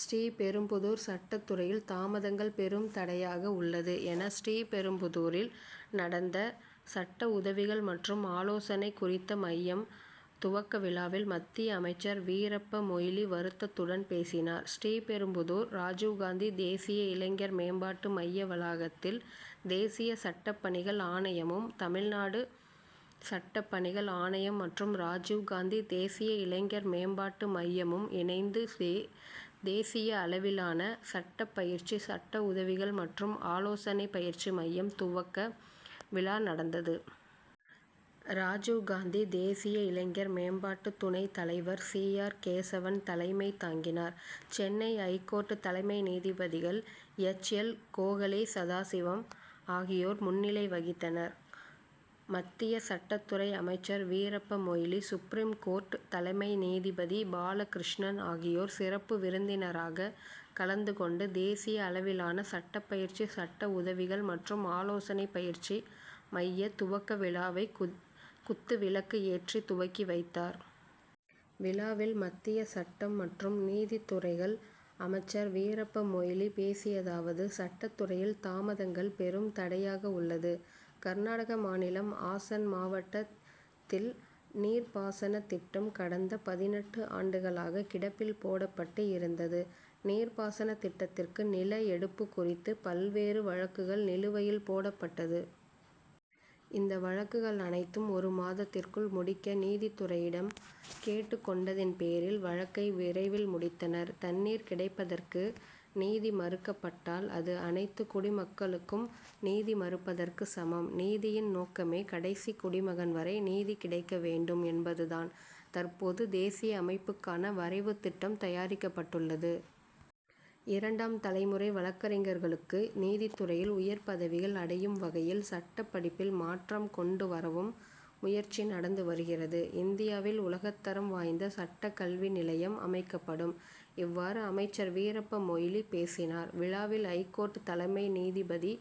ஸ்ரீபெரும்புதூர் சட்டத் துறையில் தாமதங்கள் பெரும் தடையாக உள்ளது என ஸ்ரீபெரும்புதூரில் நடந்த சட்ட உதவிகள் மற்றும் ஆலோசனை குறித்த மையம் துவக்க விழாவில் மத்திய அமைச்சர் வீரப்ப மொய்லி வருத்தத்துடன் பேசினார். ஸ்ரீ பெரும்புதூர் ராஜுவ்காந்தி தேசிய இளைஞர் மேம்பாட்டு மைய வளாகத்தில் தேசிய சட்டப் பணிகள் ஆணையமும் தமிழ்நாடு சட்டப் பணிகள் ஆணையம் மற்றும் ராஜிவ்காந்தி தேசிய இளைஞர் மேம்பாட்டு மையமும் இணைந்து தேசிய அளவிலான சட்டபயிற்சி சட்ட உதவிகள் மற்றும் ஆலோசனை பயிற்சி மையம் துவக்க விழா நடந்தது. ராஜுவ்காந்தி தேசிய இளைஞர் மேம்பாட்டு துணைத் தலைவர் சி. ஆர். கேசவன் தலைமை தாங்கினர். சென்னை ஐகோர்ட் தலைமை நீதிபதிகள் எச். எல். கோகலே சதாசிவம் ஆகியோர் முன்னிலை வகித்தனர். மத்திய சட்டத் துறை அமைச்சர் வீரப்பமொய்லி சுப்ரீம் கோர்ட் தலைமை நீதிபதி பாலகிருஷ்ணன் ஆகியோர் சிறப்பு விருந்தினராக கலந்து கொண்டு தேசிய அளவிளான சட்ட பயிற்சி சட்ட உதவிகள் மற்றும் ஆலோசனை பயிற்சி மையத் துவக்க விழாவை குத்து விளக்கு ஏற்றி துவக்கி வைத்தார். விழாவில் மத்திய சட்டம் மற்றும் நீதித்துறைகள் அமைச்சர் வீரப்பமொய்லி பேசியதாவது சட்டத்துறையில் தாமதங்கள் பெரும் தடையாக உள்ளது. கர்நாடக மாநிலம் ஆசன் மாவட்டத் தில் நீர்பாசனத் திட்டம் கடந்த பதினெட்டு ஆண்டுகளாக கிடப்பில் போடப்பட்டு இருந்தது. நீர்ப்பாசன திட்டத்திற்கு நில எடுப்பு குறித்து பல்வேறு வழக்குகள் நிலுவையில் போடப் பட்டது. இந்த வழக்குகள் அனைத்தும் ஒரு மாதத்திற்குள் முடிக்க நீதித்துறையிடம் கேட்டுக் கொண்டதின் பேரில் வழக்கை விரைவில் முடித்தனர். தண்ணீர் கிடைப்பதற்கு நீதி மறுக்கப்பட்டால் அது அனைத்து குடிமக்களுக்கும் நீதி மறுப்பதற்கு சமம். நீதியின் நோக்கமே கடைசி குடிமகன் வரை நீதி கிடைக்க வேண்டும் என்பதுதான். தற்போது தேசிய அமைப்புக்கான வரைவு திட்டம் தயாரிக்கப்பட்டுள்ளது. இரண்டாம் தலைமுறை வழக்கறிஞர்களுக்கு நீதித்துறையில் உயர் பதவிகள் அடையும் வகையில் சட்டப் படிப்பில் மாற்றம் கொண்டு வரவும் முயற்சி நடந்து வருகிறது. இந்தியாவில் உலகத்தரம் வாய்ந்த சட்ட கல்வி நிலையம் அமைக்கப்படும். இவ்வாறு அமைச்சர் வீரப்பமொய்லி பேசினார். விழாவில் ஐகோர்ட் தலைமை நீதிபதி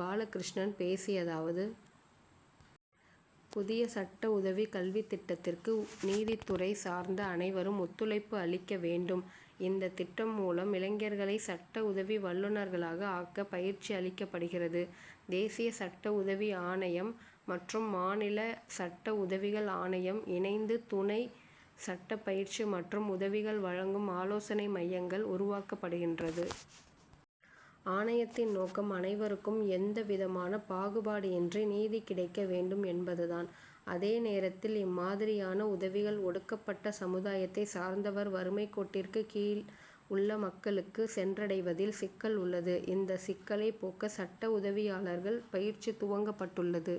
பாலகிருஷ்ணன் பேசியதாவது. புதிய சட்ட உதவி கல்வித்திட்டத்திற்கு நீதித்துறை சார்ந்த அனைவரும் ஒத்துழைப்பு அளிக்க வேண்டும். இந்த திட்டம் மூலம் இளைஞர்களை சட்ட உதவி வல்லுனர்களாக ஆக்க பயிற்சி அளிக்கப்படுகிறது. தேசிய சட்ட உதவி ஆணையம் மற்றும் மாநில சட்ட உதவிகள் ஆணையம் இணைந்து துணை சட்டப் பயிற்சி மற்றும் உதவிகள் வழங்கும் ஆலோசனை மையங்கள் உருவாக்கப்படுகின்றது. ஆணையத்தின் நோக்கம் அனைவருக்கும் எந்தவிதமான பாகுபாடு இன்றி நீதி கிடைக்க வேண்டும் என்பது தான். அதே நேரத்தில் இம்மாதிரியான உதவிகள் ஒடுக்கப்பட்ட சமுதாயத்தை சார்ந்தவர் வறுமைக் கோட்டிற்கு கீழ் உள்ள மக்களுக்கு சென்றடைவதில் சிக்கல் உள்ளது. இந்த சிக்கலை போக்க சட்ட உதவியாளர்கள் பயிற்சி துவங்கப் பட்டுள்ளது.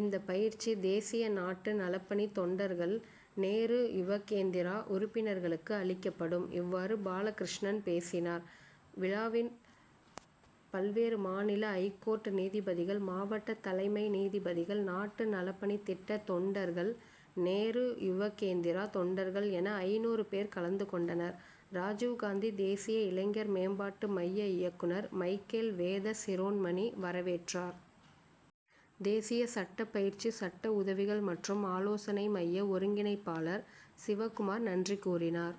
இந்த பயிற்சி தேசிய நாட்டு நலப்பணி தொண் டர்கள் நேரு யுவக்கேந்திரா உறுப்பினர்களுக்கு அளிக்கப்படும். இவ்வாறு பாலகிருஷ்ணன் பேசினார். விழாவில் பல்வேறு மாநில ஐகோர்ட் நீதிபதிகள் மாவட்ட தலைமை நீதிபதிகள் நாட்டு நலப்பணித்திட்ட தொண்டர்கள் நேரு யுவக்கேந்திரா தொண்டர்கள் என ஐநூறு பேர் கலந்துகொண்டனர். ராஜுவ்காந்தி தேசிய இளைஞர் மேம்பாட்டு மைய இயக்குனர் மைக்கேல் வேத சிரோண்மணி வரவேற்றார். தேசிய சட்ட பயிற்சி சட்ட உதவிகள் மற்றும் ஆலோசனை மைய ஒருங்கிணைப்பாளர் சிவகுமார் நன்றி கூறினார்.